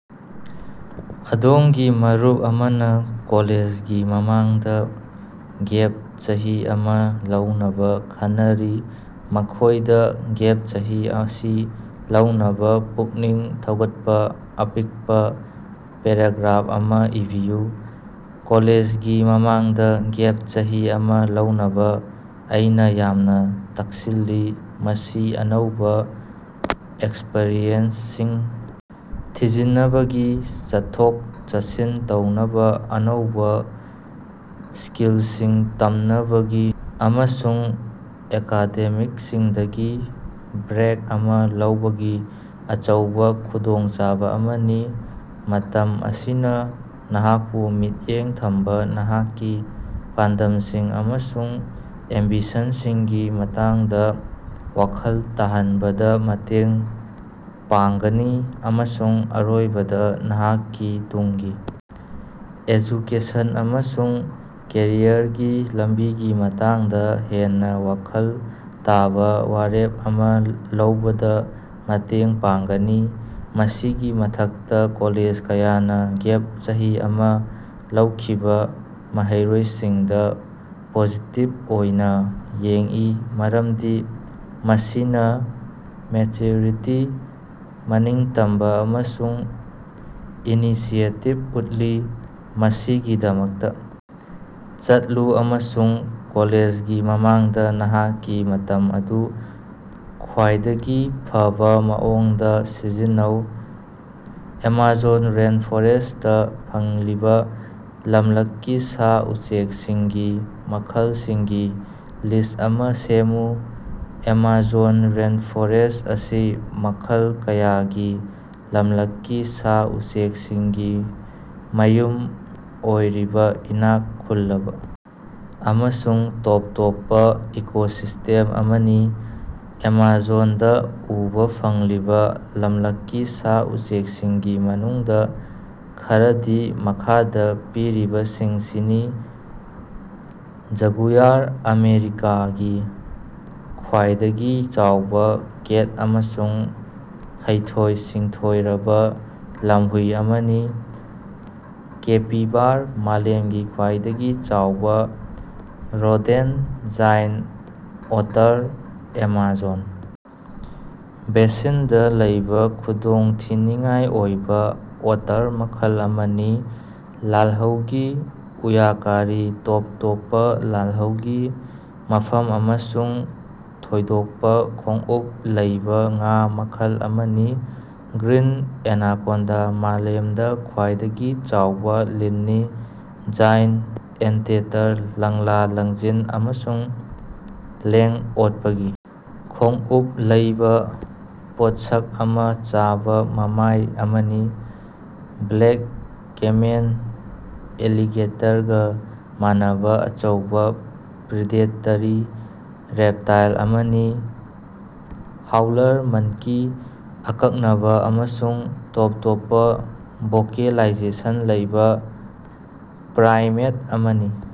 ꯑꯗꯣꯝꯒꯤ ꯃꯔꯨꯞ ꯑꯃꯅ ꯀꯣꯂꯦꯖꯒꯤ ꯃꯃꯥꯡꯗ ꯒꯦꯞ ꯆꯍꯤ ꯑꯃ ꯂꯧꯅꯕ ꯈꯟꯅꯔꯤ꯫ ꯃꯈꯣꯏꯗ ꯒꯦꯞ ꯆꯍꯤ ꯑꯁꯤ ꯂꯧꯅꯕ ꯄꯨꯛꯅꯤꯡ ꯊꯧꯒꯠꯄ ꯑꯄꯤꯛꯄ ꯄꯦꯔꯥꯒ꯭ꯔꯥꯞ ꯑꯃ ꯏꯕꯤꯌꯨ꯫ ꯀꯣꯂꯦꯖꯒꯤ ꯃꯃꯥꯡꯗ ꯒꯦꯞ ꯆꯍꯤ ꯑꯃ ꯂꯧꯅꯕ ꯑꯩꯅ ꯌꯥꯝꯅ ꯇꯛꯁꯤꯜꯂꯤ ꯃꯁꯤ ꯑꯅꯧꯕ ꯑꯦꯛꯁꯄꯔꯤꯌꯦꯟꯁꯁꯤꯡ ꯊꯤꯖꯤꯅꯕꯒꯤ ꯆꯠꯊꯣꯛ ꯆꯠꯁꯤꯟ ꯇꯧꯅꯕ ꯑꯅꯧꯕ ꯁꯀꯤꯜꯁꯤꯡ ꯇꯝꯅꯕꯒꯤ ꯑꯃꯁꯨꯡ ꯑꯦꯀꯥꯗꯦꯃꯤꯛꯁꯤꯡꯗꯒꯤ ꯕ꯭ꯔꯦꯛ ꯑꯃ ꯂꯧꯕꯒꯤ ꯑꯆꯧꯕ ꯈꯨꯗꯣꯡꯆꯥꯕ ꯑꯃꯅꯤ꯫ ꯃꯇꯝ ꯑꯁꯤꯅ ꯅꯍꯥꯛꯄꯨ ꯃꯤꯠꯌꯦꯡ ꯊꯝꯕ ꯅꯍꯥꯛꯀꯤ ꯄꯥꯟꯗꯝꯁꯤꯡ ꯑꯃꯁꯨꯡ ꯑꯦꯝꯕꯤꯁꯟꯁꯤꯡꯒꯤ ꯃꯇꯥꯡꯗ ꯋꯥꯈꯜ ꯇꯥꯍꯟꯕꯗ ꯃꯇꯦꯡ ꯄꯥꯡꯒꯅꯤ ꯑꯃꯁꯨꯡ ꯑꯔꯣꯏꯕꯗ ꯅꯍꯥꯛꯀꯤ ꯇꯨꯡꯒꯤ ꯑꯦꯖꯨꯀꯦꯁꯟ ꯑꯃꯁꯨꯡ ꯀꯦꯔꯤꯌꯔꯒꯤ ꯂꯝꯕꯤꯒꯤ ꯃꯇꯥꯡꯗ ꯍꯦꯟꯅ ꯋꯥꯈꯜ ꯇꯥꯕ ꯋꯥꯔꯦꯞ ꯑꯃ ꯂꯧꯕꯗ ꯃꯇꯦꯡ ꯄꯥꯡꯒꯅꯤ꯫ ꯃꯁꯤꯒꯤ ꯃꯊꯛꯇ ꯀꯣꯂꯦꯖ ꯀꯌꯥꯅ ꯒꯦꯞ ꯆꯍꯤ ꯑꯃ ꯂꯧꯈꯤꯕ ꯃꯍꯩꯔꯣꯏꯁꯤꯡꯗ ꯄꯣꯖꯤꯇꯤꯞ ꯑꯣꯏꯅ ꯌꯦꯡꯏ ꯃꯔꯝꯗꯤ ꯃꯁꯤꯅ ꯃꯦꯆꯌꯨꯔꯤꯇꯤ ꯃꯅꯤꯡꯇꯝꯕ ꯑꯃꯁꯨꯡ ꯏꯅꯤꯁꯤꯌꯦꯇꯤꯞ ꯎꯠꯂꯤ꯫ ꯃꯁꯤꯒꯤꯗꯃꯛꯇ ꯆꯠꯂꯨ ꯑꯃꯁꯨꯡ ꯀꯣꯂꯦꯖꯒꯤ ꯃꯃꯥꯡꯗ ꯅꯍꯥꯛꯀꯤ ꯃꯇꯝ ꯑꯗꯨ ꯈ꯭ꯋꯥꯏꯗꯒꯤ ꯐꯕꯥ ꯃꯑꯣꯡꯗ ꯁꯤꯖꯤꯟꯅꯧ꯫ ꯑꯦꯃꯥꯖꯣꯟ ꯔꯦꯟꯐꯣꯔꯦꯁꯇꯥ ꯐꯪꯂꯤꯕ ꯂꯝꯂꯛꯀꯤ ꯁꯥ ꯎꯆꯦꯛꯁꯤꯡꯒꯤ ꯃꯈꯜꯁꯤꯡꯒꯤ ꯂꯤꯁ ꯑꯃ ꯁꯦꯝꯃꯨ꯫ ꯑꯦꯃꯥꯖꯣꯟ ꯔꯦꯟꯐꯣꯔꯦꯁ ꯑꯁꯤ ꯃꯈꯜ ꯀꯌꯥꯒꯤ ꯂꯝꯂꯛꯀꯤ ꯁꯥ ꯎꯆꯦꯛꯁꯤꯡꯒꯤ ꯃꯌꯨꯝ ꯑꯣꯏꯔꯤꯕ ꯏꯅꯥꯛ ꯈꯨꯜꯂꯕ ꯑꯃꯁꯨꯡ ꯇꯣꯞ ꯇꯣꯞꯄ ꯏꯀꯣꯁꯤꯁꯇꯦꯝ ꯑꯃꯅꯤ꯫ ꯑꯦꯃꯥꯖꯣꯟꯗꯥ ꯎꯕꯥ ꯐꯪꯂꯤꯕ ꯂꯝꯂꯛꯀꯤ ꯁꯥ ꯎꯆꯦꯛꯁꯤꯡꯒꯤ ꯃꯅꯨꯡꯗ ꯈꯔꯗꯤ ꯃꯈꯥꯗ ꯄꯤꯔꯤꯕꯁꯤꯡꯁꯤꯅꯤ ꯖꯒꯨꯌꯥꯔ ꯑꯃꯦꯔꯤꯀꯥꯒꯤ ꯈ꯭ꯋꯥꯏꯗꯒꯤ ꯆꯥꯎꯕ ꯀꯦꯠ ꯑꯃꯁꯨꯡ ꯍꯩꯊꯣꯏ ꯁꯤꯡꯊꯣꯏꯔꯕ ꯂꯝꯍꯨꯏ ꯑꯃꯅꯤ꯫ ꯀꯦꯄꯤꯕꯥꯔ ꯃꯥꯂꯦꯝꯒꯤ ꯈ꯭ꯋꯥꯏꯗꯒꯤ ꯆꯥꯎꯕ ꯔꯣꯗꯦꯟꯇ ꯖꯥꯏꯟ ꯑꯣꯇꯔ ꯑꯦꯃꯥꯖꯣꯟ ꯕꯦꯁꯤꯟꯗ ꯂꯩꯕ ꯈꯨꯗꯣꯡꯊꯤꯅꯤꯉꯥꯏ ꯑꯣꯏꯕ ꯑꯣꯇꯔ ꯃꯈꯜ ꯑꯃꯅꯤ꯫ ꯂꯥꯜꯍꯧꯒꯤ ꯎꯌꯥꯀꯥꯔꯤ ꯇꯣꯞ ꯇꯣꯞꯄ ꯂꯥꯜꯍꯧꯒꯤ ꯃꯐꯝ ꯑꯃꯁꯨꯡ ꯊꯣꯏꯗꯣꯛꯄ ꯈꯣꯡꯎꯞ ꯂꯩꯕ ꯉꯥ ꯃꯈꯜ ꯑꯃꯅꯤ꯫ ꯒ꯭ꯔꯤꯟ ꯑꯦꯅꯥꯀꯣꯟꯗꯥ ꯃꯥꯂꯦꯃꯗ ꯈ꯭ꯋꯥꯏꯗꯒꯤ ꯆꯥꯎꯕ ꯂꯤꯟꯅꯤ꯫ ꯖꯥꯏꯟ ꯑꯦꯟꯇꯦꯇꯔ ꯂꯪꯂꯥ ꯂꯪꯖꯤꯟ ꯑꯃꯁꯨꯡ ꯂꯦꯡ ꯑꯣꯠꯄꯒꯤ ꯈꯣꯡꯎꯞ ꯂꯩꯕ ꯄꯣꯠꯁꯛ ꯑꯃ ꯆꯥꯕ ꯃꯃꯥꯏ ꯑꯃꯅꯤ꯫ ꯕ꯭ꯂꯦꯛ ꯀꯦꯃꯦꯟ ꯑꯦꯂꯤꯒꯦꯇꯔꯒ ꯃꯥꯟꯅꯕ ꯑꯆꯧꯕ ꯄ꯭ꯔꯤꯗꯦꯇꯔꯤ ꯔꯦꯞꯇꯥꯏꯜ ꯑꯃꯅꯤ꯫ ꯍꯥꯎꯂꯔ ꯃꯟꯀꯤ ꯑꯀꯛꯅꯕ ꯑꯃꯁꯨꯡ ꯇꯣꯞ ꯇꯣꯞꯄ ꯚꯣꯀꯦꯂꯥꯏꯖꯦꯁꯟ ꯂꯩꯕ ꯄ꯭ꯔꯥꯏꯃꯦꯠ ꯑꯃꯅꯤ꯫